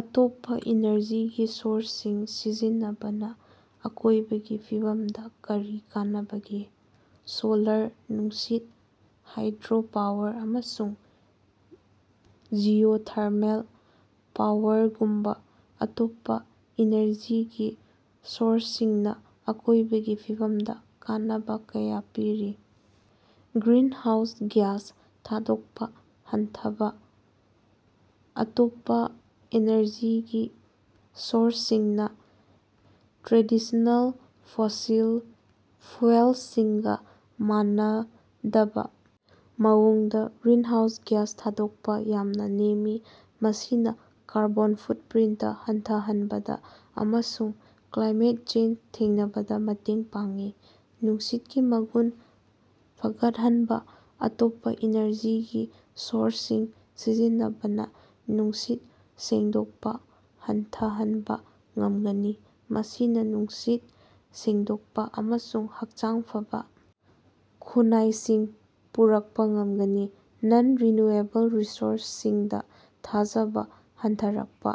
ꯑꯇꯣꯞꯄꯥ ꯏꯅꯔꯖꯤꯒꯤ ꯁꯣꯔꯁꯁꯤꯡ ꯁꯤꯖꯤꯟꯅꯕꯅꯥ ꯑꯀꯣꯏꯕꯒꯤ ꯐꯤꯕꯝꯗꯥ ꯀꯔꯤ ꯀꯥꯟꯅꯕꯒꯦ? ꯁꯣꯂꯥꯔ, ꯅꯨꯡꯁꯤꯠ, ꯍꯥꯏꯗ꯭ꯔꯣꯄꯥꯋꯔ ꯑꯃꯁꯨꯡ ꯖꯤꯑꯣꯊꯔꯃꯦꯜ ꯄꯥꯋꯔꯒꯨꯝꯕꯥ ꯑꯇꯣꯞꯄꯥ ꯏꯅꯔꯖꯤꯒꯤ ꯁꯣꯔꯁꯁꯤꯡꯅꯥ ꯑꯀꯣꯏꯕꯒꯤ ꯐꯤꯕꯝꯗꯥ ꯀꯥꯟꯅꯕꯥ ꯀꯌꯥ ꯄꯤꯔꯤ꯫ ꯒ꯭ꯔꯤꯟꯍꯥꯎꯁ ꯒ꯭ꯌꯥꯁ ꯊꯥꯗꯣꯛꯄꯥ ꯍꯟꯊꯍꯟꯕꯥ: ꯑꯇꯣꯞꯄꯥ ꯑꯦꯅꯔꯖꯤꯒꯤ ꯁꯣꯔꯁꯁꯤꯡꯅꯥ ꯇ꯭ꯔꯦꯗꯤꯁꯅꯦꯜ ꯐꯣꯁꯤꯜ ꯐ꯭ꯌꯨꯑꯦꯜꯁꯤꯡꯒꯥ ꯃꯥꯟꯅꯗꯕꯥ ꯃꯑꯣꯡꯗꯥ ꯒ꯭ꯔꯤꯟꯍꯥꯎꯁ ꯒ꯭ꯌꯥꯁ ꯊꯥꯗꯣꯛꯄꯥ ꯌꯥꯝꯅꯥ ꯅꯦꯝꯃꯤ꯫ ꯃꯁꯤꯅꯥ ꯀꯥꯔꯕꯣꯟ ꯐꯨꯠꯄ꯭ꯔꯤꯟꯇ ꯍꯟꯊꯍꯟꯕꯗꯥ ꯑꯃꯁꯨꯡ ꯀ꯭ꯂꯥꯏꯃꯦꯠ ꯆꯦꯟꯖ ꯊꯦꯡꯅꯕꯗꯥ ꯃꯇꯦꯡ ꯄꯥꯡꯏ꯫ ꯅꯨꯡꯁꯤꯠꯀꯤ ꯃꯒꯨꯟ ꯐꯒꯠꯍꯟꯕꯥ: ꯑꯇꯣꯞꯄꯥ ꯏꯅꯔꯖꯤꯒꯤ ꯁꯣꯔꯁꯁꯤꯡ ꯁꯤꯖꯤꯟꯅꯕꯅꯥ ꯅꯨꯡꯁꯤꯠ ꯁꯦꯡꯗꯣꯛꯄꯥ ꯍꯟꯊꯍꯟꯕꯥ ꯉꯝꯒꯅꯤ, ꯃꯁꯤꯅꯥ ꯅꯨꯡꯁꯤꯠ ꯁꯦꯡꯗꯣꯛꯄꯥ ꯑꯃꯁꯨꯡ ꯍꯛꯆꯥꯡ ꯐꯕꯥ ꯈꯨꯟꯅꯥꯏꯁꯤꯡ ꯄꯨꯔꯛꯄꯥ ꯉꯝꯒꯅꯤ꯫ ꯅꯟ-ꯔꯤꯅ꯭ꯌꯨꯑꯦꯕꯜ ꯔꯤꯁꯣꯔꯁꯁꯤꯡꯗꯥ ꯊꯥꯖꯕꯥ ꯍꯟꯊꯔꯛꯄꯥ: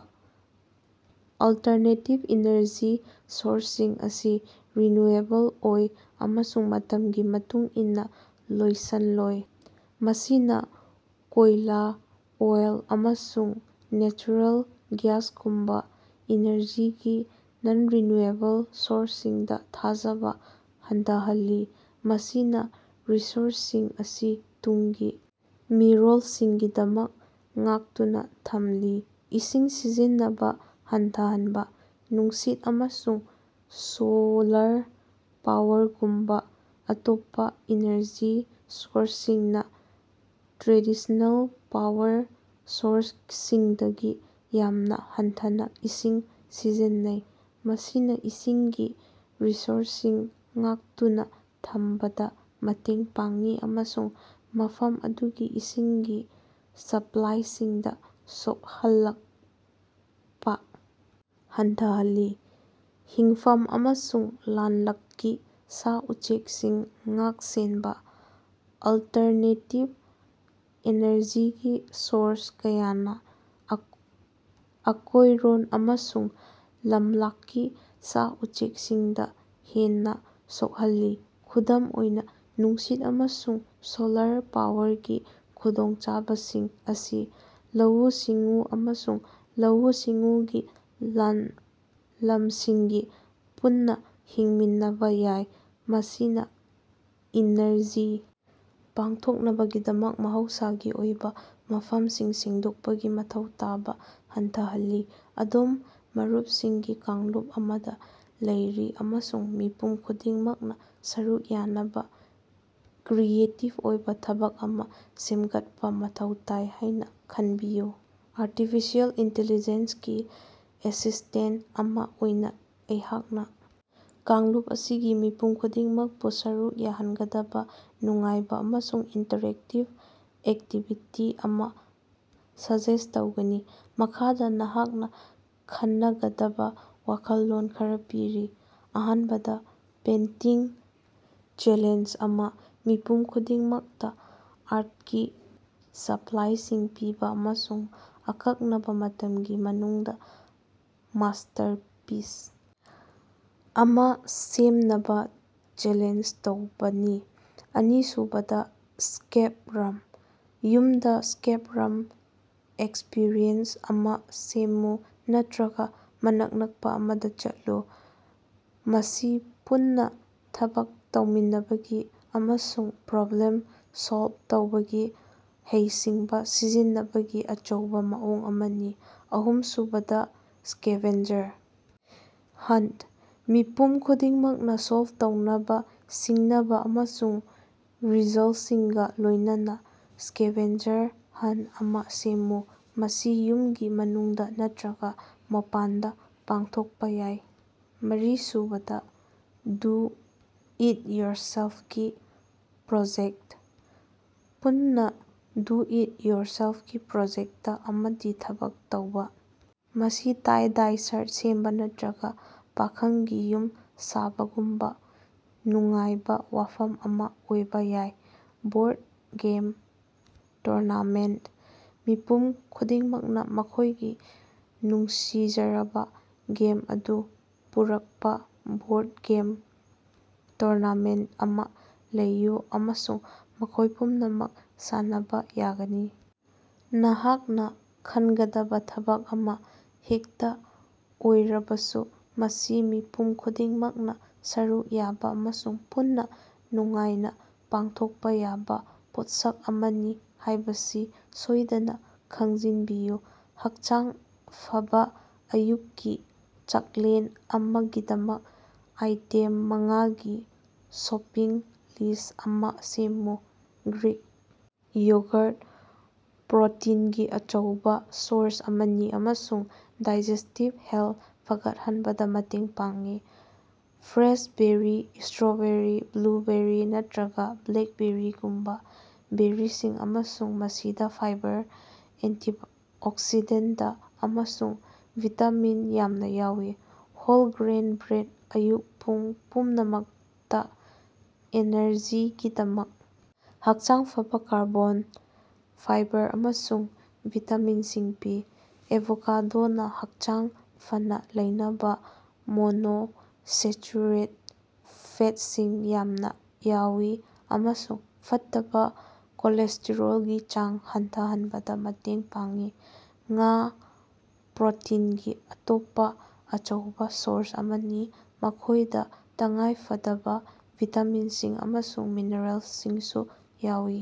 ꯑꯜꯇꯔꯅꯦꯇꯤꯞ ꯏꯅꯔꯖꯤ ꯁꯣꯔꯁꯁꯤꯡ ꯑꯁꯤ ꯔꯤꯅ꯭ꯌꯨꯑꯦꯕꯜ ꯑꯣꯏ ꯑꯃꯁꯨꯡ ꯃꯇꯝꯒꯤ ꯃꯇꯨꯡ ꯏꯟꯅꯥ ꯂꯣꯏꯁꯤꯟꯂꯣꯏ꯫ ꯃꯁꯤꯅꯥ ꯀꯣꯏꯂꯥ, ꯑꯣꯏꯜ, ꯑꯃꯁꯨꯡ ꯅꯦꯆꯔꯦꯜ ꯒ꯭ꯌꯥꯁꯒꯨꯝꯕꯥ ꯏꯅꯔꯖꯤꯒꯤ ꯅꯟ-ꯔꯤꯅ꯭ꯌꯨꯑꯦꯕꯜ ꯁꯣꯔꯁꯁꯤꯡꯗꯥ ꯊꯥꯖꯕꯥ ꯍꯟꯊꯍꯜꯂꯤ, ꯃꯁꯤꯅꯥ ꯔꯤꯁꯣꯔꯁꯁꯤꯡ ꯑꯁꯤ ꯇꯨꯡꯒꯤ ꯃꯤꯔꯣꯜꯁꯤꯡꯒꯤꯗꯃꯛ ꯉꯥꯛꯇꯨꯅꯥ ꯊꯝꯂꯤ꯫ ꯏꯁꯤꯡ ꯁꯤꯖꯤꯟꯅꯕꯥ ꯍꯟꯊꯍꯟꯕꯥ: ꯅꯨꯡꯁꯤꯠ ꯑꯃꯁꯨꯡ ꯁꯣꯂꯥꯔ ꯄꯥꯋꯔꯒꯨꯝꯕꯥ ꯑꯇꯣꯞꯄꯥ ꯏꯅꯔꯖꯤ ꯁꯣꯔꯁꯁꯤꯡꯅꯥ ꯇ꯭ꯔꯦꯗꯤꯁꯅꯦꯜ ꯄꯥꯋꯔ ꯁꯣꯔꯁꯁꯤꯡꯗꯒꯤ ꯌꯥꯝꯅꯥ ꯍꯟꯊꯅꯥ ꯏꯁꯤꯡ ꯁꯤꯖꯤꯟꯅꯩ꯫ ꯃꯁꯤꯅꯥ ꯏꯁꯤꯡꯒꯤ ꯔꯤꯁꯣꯔꯁꯁꯤꯡ ꯉꯥꯛꯇꯨꯅꯥ ꯊꯝꯕꯗꯥ ꯃꯇꯦꯡ ꯄꯥꯡꯏ ꯑꯃꯁꯨꯡ ꯃꯐꯝ ꯑꯗꯨꯒꯤ ꯏꯁꯤꯡꯒꯤ ꯁꯄ꯭ꯂꯥꯏꯁꯤꯡꯗꯥ ꯁꯣꯛꯍꯜꯂꯛꯄꯥ ꯍꯟꯊꯍꯜꯂꯤ꯫ ꯍꯤꯡꯐꯝ ꯑꯃꯁꯨꯡ ꯂꯝꯂꯛꯀꯤ ꯁꯥ-ꯎꯆꯦꯛꯁꯤꯡ ꯉꯥꯛ-ꯁꯦꯟꯕꯥ: ꯑꯜꯇꯔꯅꯦꯇꯤꯚ ꯑꯦꯅꯔꯖꯤꯒꯤ ꯁꯣꯔꯁ ꯀꯌꯥꯅꯥ ꯑꯀꯣꯏꯔꯣꯟ ꯑꯃꯁꯨꯡ ꯂꯝꯂꯛꯀꯤ ꯁꯥ-ꯎꯆꯦꯛꯁꯤꯡꯗꯥ ꯍꯦꯟꯅꯥ ꯁꯣꯛꯍꯜꯂꯤ꯫ ꯈꯨꯗꯝ ꯑꯣꯏꯅꯥ, ꯅꯨꯡꯁꯤꯠ ꯑꯃꯁꯨꯡ ꯁꯣꯂꯥꯔ ꯄꯥꯋꯔꯒꯤ ꯈꯨꯗꯣꯡꯆꯥꯕꯁꯤꯡ ꯑꯁꯤ ꯂꯧꯎ-ꯁꯤꯡꯎ ꯑꯃꯁꯨꯡ ꯂꯧꯎ-ꯁꯤꯡꯎꯒꯤ ꯂꯝ ꯂꯝꯁꯤꯡꯒꯥ ꯄꯨꯟꯅꯥ ꯍꯤꯡꯃꯤꯟꯅꯕꯥ ꯌꯥꯏ, ꯃꯁꯤꯅꯥ ꯏꯅꯔꯖꯤ ꯄꯨꯊꯣꯛꯅꯕꯒꯤꯗꯃꯛ ꯃꯍꯧꯁꯥꯒꯤ ꯑꯣꯏꯕꯥ ꯃꯐꯝꯁꯤꯡ ꯁꯦꯡꯗꯣꯛꯄꯒꯤ ꯃꯊꯧ ꯇꯥꯕꯥ ꯍꯟꯊꯍꯜꯂꯤ꯫ ꯑꯗꯣꯝ ꯃꯔꯨꯞꯁꯤꯡꯒꯤ ꯀꯥꯡꯂꯨꯞ ꯑꯃꯗꯥ ꯂꯩꯔꯤ ꯑꯃꯁꯨꯡ ꯃꯤꯄꯨꯝ ꯈꯨꯗꯤꯡꯃꯛꯅꯥ ꯁꯔꯨꯛ ꯌꯥꯅꯕꯥ ꯀ꯭ꯔꯤꯌꯦꯇꯤꯕ ꯑꯣꯏꯕꯥ ꯊꯕꯛ ꯑꯃꯥ ꯁꯦꯝꯒꯠꯄꯥ ꯃꯊꯧ ꯇꯥꯏ ꯍꯥꯏꯅꯥ ꯈꯟꯕꯤꯌꯨ꯫ ꯑꯔꯇꯤꯐꯤꯁꯦꯜ ꯏꯟꯇꯤꯂꯤꯖꯦꯟꯁꯒꯤ ꯑꯦꯁꯤꯁꯇꯦꯟꯇ ꯑꯃꯥ ꯑꯣꯏꯅꯥ ꯑꯩꯍꯥꯛꯅꯥ ꯀꯥꯡꯂꯨꯞ ꯑꯁꯤꯒꯤ ꯃꯤꯄꯨꯝ ꯈꯨꯗꯤꯡꯃꯛꯄꯨ ꯁꯔꯨꯛ ꯌꯥꯍꯟꯒꯗꯕꯥ ꯅꯨꯡꯉꯥꯏꯕꯥ ꯑꯃꯁꯨꯡ ꯏꯟꯇ꯭ꯔꯦꯛꯇꯤꯕ ꯑꯦꯛꯇꯤꯕꯤꯇꯤ ꯑꯃꯥ ꯁꯖꯦꯁ ꯇꯧꯒꯅꯤ꯫ ꯃꯈꯥꯗꯥ ꯅꯍꯥꯛꯅꯥ ꯈꯟꯅꯒꯗꯕꯥ ꯋꯥꯈꯜꯂꯣꯟ ꯈꯔꯥ ꯄꯤꯔꯤ: ꯑꯍꯥꯟꯕꯗ ꯄꯦꯟꯇꯤꯡ ꯆꯦꯂꯦꯟꯖ ꯑꯃꯥ: ꯃꯤꯄꯨꯝ ꯈꯨꯗꯤꯡꯃꯛꯇꯥ ꯑꯥꯔꯠꯀꯤ ꯁꯄ꯭ꯂꯥꯏꯁꯤꯡ ꯄꯤꯕꯥ ꯑꯃꯁꯨꯡ ꯑꯀꯛꯅꯕꯥ ꯃꯇꯝꯒꯤ ꯃꯅꯨꯡꯗꯥ ꯃꯥꯁꯇꯔꯄꯤꯁ ꯑꯃꯥ ꯁꯦꯝꯅꯕꯥ ꯆꯦꯂꯦꯟꯖ ꯇꯧꯕꯥꯅꯤ꯫ ꯑꯅꯤꯁꯨꯕꯗ ꯁ꯭ꯀꯦꯞ ꯔꯨꯝ: ꯌꯨꯝꯗꯥ ꯁ꯭ꯀꯦꯞ ꯔꯨꯝ ꯑꯦꯛꯁꯄꯤꯔꯤꯑꯦꯟꯁ ꯑꯃꯥ ꯁꯦꯝꯃꯨ ꯅꯠꯇ꯭ꯔꯒꯥ ꯃꯅꯥꯛ ꯅꯛꯄꯥ ꯑꯃꯗꯥ ꯆꯠꯂꯨ꯫ ꯃꯁꯤ ꯄꯨꯟꯅꯥ ꯊꯕꯛ ꯇꯧꯃꯤꯟꯅꯕꯒꯤ ꯑꯃꯁꯨꯡ ꯄ꯭ꯔꯣꯕ꯭ꯂꯦꯝ ꯁꯣꯜꯕ ꯇꯧꯕꯒꯤ ꯍꯩꯁꯤꯡꯕꯥ ꯁꯤꯖꯤꯟꯅꯕꯒꯤ ꯑꯆꯧꯕꯥ ꯃꯑꯣꯡ ꯑꯃꯅꯤ꯫ ꯑꯍꯨꯝꯁꯨꯕꯗꯥ ꯁ꯭ꯀꯦꯚꯦꯟꯖꯔ ꯍꯟꯇ: ꯃꯤꯄꯨꯝ ꯈꯨꯗꯤꯡꯃꯛꯅꯥ ꯁꯣꯜꯕ ꯇꯧꯅꯕꯥ ꯁꯤꯡꯅꯕꯥ ꯑꯃꯁꯨꯡ ꯔꯤꯖꯜꯁꯤꯡꯒꯥ ꯂꯣꯏꯅꯅꯥ ꯁ꯭ꯀꯦꯚꯦꯟꯖꯔ ꯍꯟꯇ ꯑꯃꯥ ꯁꯦꯝꯃꯨ꯫ ꯃꯁꯤ ꯌꯨꯝꯒꯤ ꯃꯅꯨꯡꯗꯥ ꯅꯠꯇ꯭ꯔꯒꯥ ꯃꯄꯥꯟꯗꯥ ꯄꯥꯡꯊꯣꯛꯄꯥ ꯌꯥꯏ꯫ ꯃꯔꯤꯁꯨꯕꯗ ꯗꯨ ꯏꯠ ꯌꯣꯔꯁꯦꯜꯄꯒꯤ ꯄ꯭ꯔꯣꯖꯦꯛꯇ: ꯄꯨꯟꯅꯥ ꯗꯨ ꯏꯠ ꯌꯣꯔꯁꯦꯜꯄꯒꯤ ꯄ꯭ꯔꯣꯖꯦꯛꯇ ꯑꯃꯗꯥ ꯊꯕꯛ ꯇꯧꯕꯥ꯫ ꯃꯁꯤ ꯇꯥꯏ-ꯗꯥꯏ ꯁꯔꯠ ꯁꯦꯝꯕꯥ ꯅꯠꯇ꯭ꯔꯒꯥ ꯄꯥꯈꯪꯒꯤ ꯌꯨꯝ ꯁꯥꯕꯒꯨꯝꯕꯥ ꯅꯨꯡꯉꯥꯏꯕꯥ ꯋꯥꯐꯝ ꯑꯃꯥ ꯑꯣꯏꯕꯥ ꯌꯥꯏ꯫ ꯕꯣꯔꯗ ꯒꯦꯝ ꯇꯨꯔꯅꯥꯃꯦꯟꯇ: ꯃꯤꯄꯨꯝ ꯈꯨꯗꯤꯡꯃꯛꯅꯥ ꯃꯈꯣꯏꯒꯤ ꯅꯨꯡꯁꯤꯖꯔꯕꯥ ꯒꯦꯝ ꯑꯗꯨ ꯄꯨꯔꯛꯄꯥ ꯕꯣꯔꯗ ꯒꯦꯝ ꯇꯨꯔꯅꯥꯃꯦꯟꯇ ꯑꯃꯥ ꯂꯩꯌꯨ, ꯑꯃꯁꯨꯡ ꯃꯈꯣꯏ ꯄꯨꯝꯅꯃꯛ ꯁꯥꯟꯅꯕꯥ ꯌꯥꯒꯅꯤ꯫ ꯅꯍꯥꯛꯅꯥ ꯈꯟꯒꯗꯕꯥ ꯊꯕꯛ ꯑꯃꯥ ꯍꯦꯛꯇꯥ ꯑꯣꯏꯔꯕꯁꯨ, ꯃꯁꯤ ꯃꯤꯄꯨꯝ ꯈꯨꯗꯤꯡꯃꯛꯅꯥ ꯁꯔꯨꯛ ꯌꯥꯕꯥ ꯑꯃꯁꯨꯡ ꯄꯨꯟꯅꯥ ꯅꯨꯡꯉꯥꯏꯅꯥ ꯄꯥꯡꯊꯣꯛꯄꯥ ꯌꯥꯕꯥ ꯄꯣꯠꯁꯛ ꯑꯃꯅꯤ ꯍꯥꯏꯕꯁꯤ ꯁꯣꯏꯗꯅꯥ ꯈꯪꯖꯤꯟꯕꯤꯌꯨ꯫ ꯍꯛꯆꯥꯡ ꯐꯕꯥ ꯑꯌꯨꯛꯀꯤ ꯆꯥꯛꯂꯦꯟ ꯑꯃꯒꯤꯗꯃꯛ ꯑꯥꯏꯇꯦꯝ ꯃꯉꯥꯒꯤ ꯁꯣꯄꯤꯡ ꯂꯤꯁ ꯑꯃꯥ ꯁꯦꯝꯃꯨ꯫ ꯒ꯭ꯔꯤꯛ ꯌꯣꯒꯔ ꯄ꯭ꯔꯣꯇꯤꯟꯒꯤ ꯑꯆꯧꯕꯥ ꯁꯣꯔꯁ ꯑꯃꯅꯤ ꯑꯃꯁꯨꯡ ꯗꯥꯏꯖꯦꯁꯇꯤꯚ ꯍꯦꯜꯊ ꯐꯒꯠꯍꯟꯕꯗꯥ ꯃꯇꯦꯡ ꯄꯥꯡꯏ ꯐ꯭ꯔꯦꯁ ꯕꯦꯔꯤ ꯏꯁꯇ꯭ꯔꯣꯕꯦꯔꯤ, ꯕ꯭ꯂꯨꯕꯦꯔꯤ ꯅꯠꯇ꯭ꯔꯒꯥ ꯕ꯭ꯂꯦꯛꯕꯦꯔꯤꯒꯨꯝꯕꯥ ꯕꯦꯔꯤꯁꯤꯡ ꯑꯃꯁꯨꯡ ꯃꯁꯤꯗꯥ ꯐꯥꯏꯕꯔ, ꯑꯦꯟꯇꯤꯑꯣꯛꯁꯤꯗꯦꯟꯇ ꯑꯃꯁꯨꯡ ꯚꯤꯇꯥꯃꯤꯟ ꯌꯥꯝꯅꯥ ꯌꯥꯎꯏ꯫ ꯍꯣꯜ ꯒ꯭ꯔꯦꯟ ꯕ꯭ꯔꯦꯗ ꯑꯌꯨꯛ ꯄꯨꯡ ꯄꯨꯝꯅꯃꯛꯇꯥ ꯑꯦꯅꯔꯖꯤꯒꯤꯗꯃꯛ ꯍꯛꯆꯥꯡ ꯐꯕꯥ ꯀꯥꯔꯕꯣꯟ, ꯐꯥꯏꯕꯔ ꯑꯃꯁꯨꯡ ꯚꯤꯇꯥꯃꯤꯟꯁꯤꯡ ꯄꯤ꯫ ꯑꯦꯚꯣꯀꯦꯗꯣꯅ ꯍꯛꯆꯥꯡ ꯐꯅꯥ ꯂꯩꯅꯕꯥ ꯃꯣꯅꯣꯑꯟꯁꯦꯆꯨꯔꯦꯇꯦꯗ ꯐꯦꯠꯁꯤꯡ ꯌꯥꯝꯅꯥ ꯌꯥꯎꯏ ꯑꯃꯁꯨꯡ ꯐꯠꯇꯕꯥ ꯀꯣꯂꯦꯁꯇꯦꯔꯣꯜꯒꯤ ꯆꯥꯡ ꯍꯟꯊꯍꯟꯕꯗꯥ ꯃꯇꯦꯡ ꯄꯥꯡꯏ꯫ ꯉꯥ – ꯄ꯭ꯔꯣꯇꯤꯟꯒꯤ ꯑꯇꯣꯞꯄꯥ ꯑꯆꯧꯕꯥ ꯁꯣꯔꯁ ꯑꯃꯅꯤ, ꯃꯈꯣꯏꯗꯥ ꯇꯉꯥꯏꯐꯗꯕꯥ ꯚꯤꯇꯥꯃꯤꯟꯁꯤꯡ ꯑꯃꯁꯨꯡ ꯃꯤꯅꯔꯦꯜꯁꯤꯡꯁꯨ ꯌꯥꯎꯏ꯫